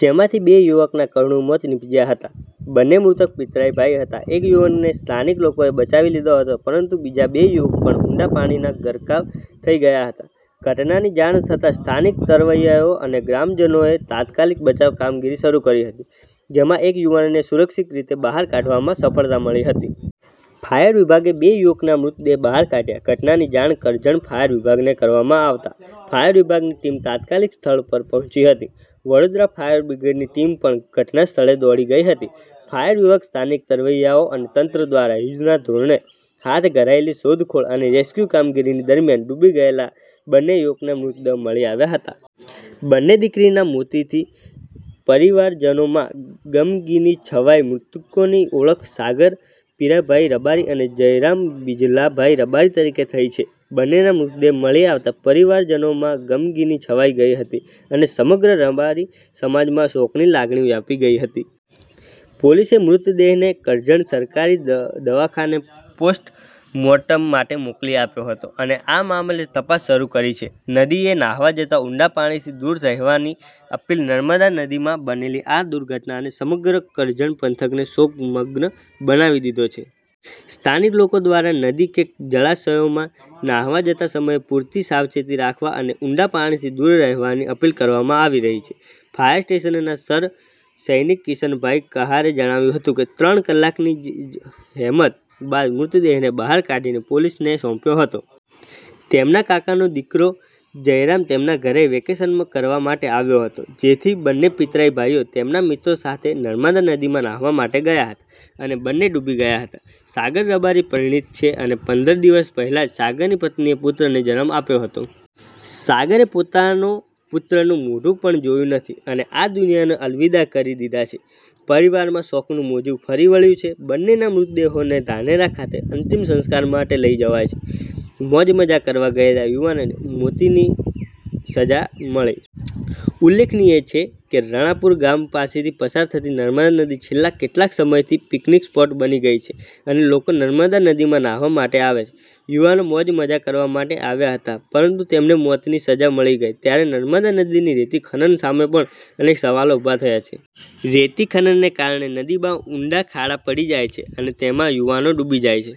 જેમાંથી બે યુવકના કરુણ મોત નિપજ્યા હતા. બંને મૃતક પિતરાઈ ભાઈ હતા. એક યુવક ને સ્થાનિક લોકોએ બચાવી લીધો હતો, પરંતુ બીજા બે યુવક પણ ઊંડા પાણીમાં ગરકાવ થઈ ગયા હતા. ઘટનાની જાણ થતાં સ્થાનિક તરવૈયાઓ અને ગ્રામજનોએ તાત્કાલિક બચાવ કામગીરી શરૂ કરી હતી, જેમાં એક યુવકને સુરક્ષિત રીતે બહાર કાઢવામાં સફળતા મળી હતી. ફાયર વિભાગે બે યુવકોના મૃતદેહ બહાર કાઢ્યા, ઘટનાની જાણ કરજણ ફાયર વિભાગને કરવામાં આવતા ફાયર વિભાગની ટીમ તાત્કાલિક સ્થળ પર પહોંચી હતી. વડોદરા ફાયર બ્રિગેડની ટીમ પણ ઘટના સ્થળે દોડી ગઈ હતી. ફાયર વિભાગ, સ્થાનિક તરવૈયાઓ અને તંત્ર દ્વારા યુદ્ધના ધોરણે હાથ ધરાયેલી શોધખોળ અને રેસ્ક્યુ કામગીરી દરમિયાન ડૂબી ગયેલા બંને યુવકોના મૃતદેહ મળી આવ્યા હતા. બંને દીકરાના મોતથી પરિવારજનોમાં ગમગીની છવાઈ મૃતકોની ઓળખ સાગર પીરાભાઈ રબારી અને જયરામ બિજલાજી રબારી તરીકે થઈ છે. બંનેના મૃતદેહ મળી આવતા પરિવારજનોમાં ગમગીની છવાઈ ગઈ હતી અને સમગ્ર રબારી સમાજમાં શોકની લાગણી વ્યાપી ગઈ હતી. પોલીસે મૃતદેહને કરજણ સરકારી દવાખાને પોસ્ટમોર્ટમ માટે મોકલી આપ્યો હતો અને આ મામલે તપાસ શરૂ કરી છે. નદી એ નાહવા જતાં ઊંડા પાણીથી દૂર રહેવાની અપીલ. નર્મદા નદીમાં બનેલી આ દુર્ઘટનાએ સમગ્ર કરજણ પંથકને શોકમગ્ન બનાવી દીધો છે. સ્થાનિક લોકો દ્વારા નદી કે જળાશયોમાં નાહવા જતાં સમયે પૂરતી સાવચેતી રાખવા અને ઊંડા પાણીથી દૂર રહેવાની અપીલ કરવામાં આવી રહી છે. ફાયર સ્ટેશનના સર સૈનિક કિશનભાઈ કહારે જણાવ્યું હતું કે, "ત્રણ કલાકની જહેમત બાદ મૃતદેહને બહાર કાઢીને પોલીસને સોંપ્યો હતો. તેમના કાકાનો દીકરો જયરામ તેમના ઘરે વેકેશન કરવા માટે આવ્યો હતો. જેથી બંને પિતરાઈ ભાઈઓ, તેમના મિત્રો સાથે નર્મદા નદીમાં નાહવા માટે ગયા હતા, અને બંને ડૂબી ગયા હતા. સાગર રબારી પરિણીત છે, અને પંદર દિવસ પહેલા જ સાગરની પત્નીએ પુત્રને જન્મ આપ્યો હતો. સાગરે પોતાનો પુત્રનું મોઢું પણ જોયું નથી, અને આ દુનિયાને અલવિદા કરી દીધી છે. પરિવારમાં શોકનું મોજું ફરી વળ્યુ છે. બંનેના મૃતદેહોને ધાનેરા ખાતે અંતિમ સંસ્કાર માટે લઈ જવાયા છે. મોજ મજા કરવા ગયેલા યુવાનોને મોતની સજા મળી." ઉલ્લેખનીય છે કે, રણાપુર ગામ પાસેથી પસાર થતી નર્મદા નદી છેલ્લા કેટલાક સમયથી પિકનિક સ્પોટ બની ગઈ છે. અનેક લોકો નર્મદા નદીમાં નાહવા માટે આવે છે. યુવાનો મોજ મજા કરવા માટે આવ્યા હતા પરંતુ તેમને મોતની સજા મળી ગઈ, ત્યારે નર્મદા નદીમાં રેતી ખનન સામે પણ અનેક સવાલો ઊભા થયા છે. રેતી ખનનને કારણે નદીમાં ઊંડા ખાડા પડી જાય છે અને તેમાં યુવાનો ડૂબી જાય છે.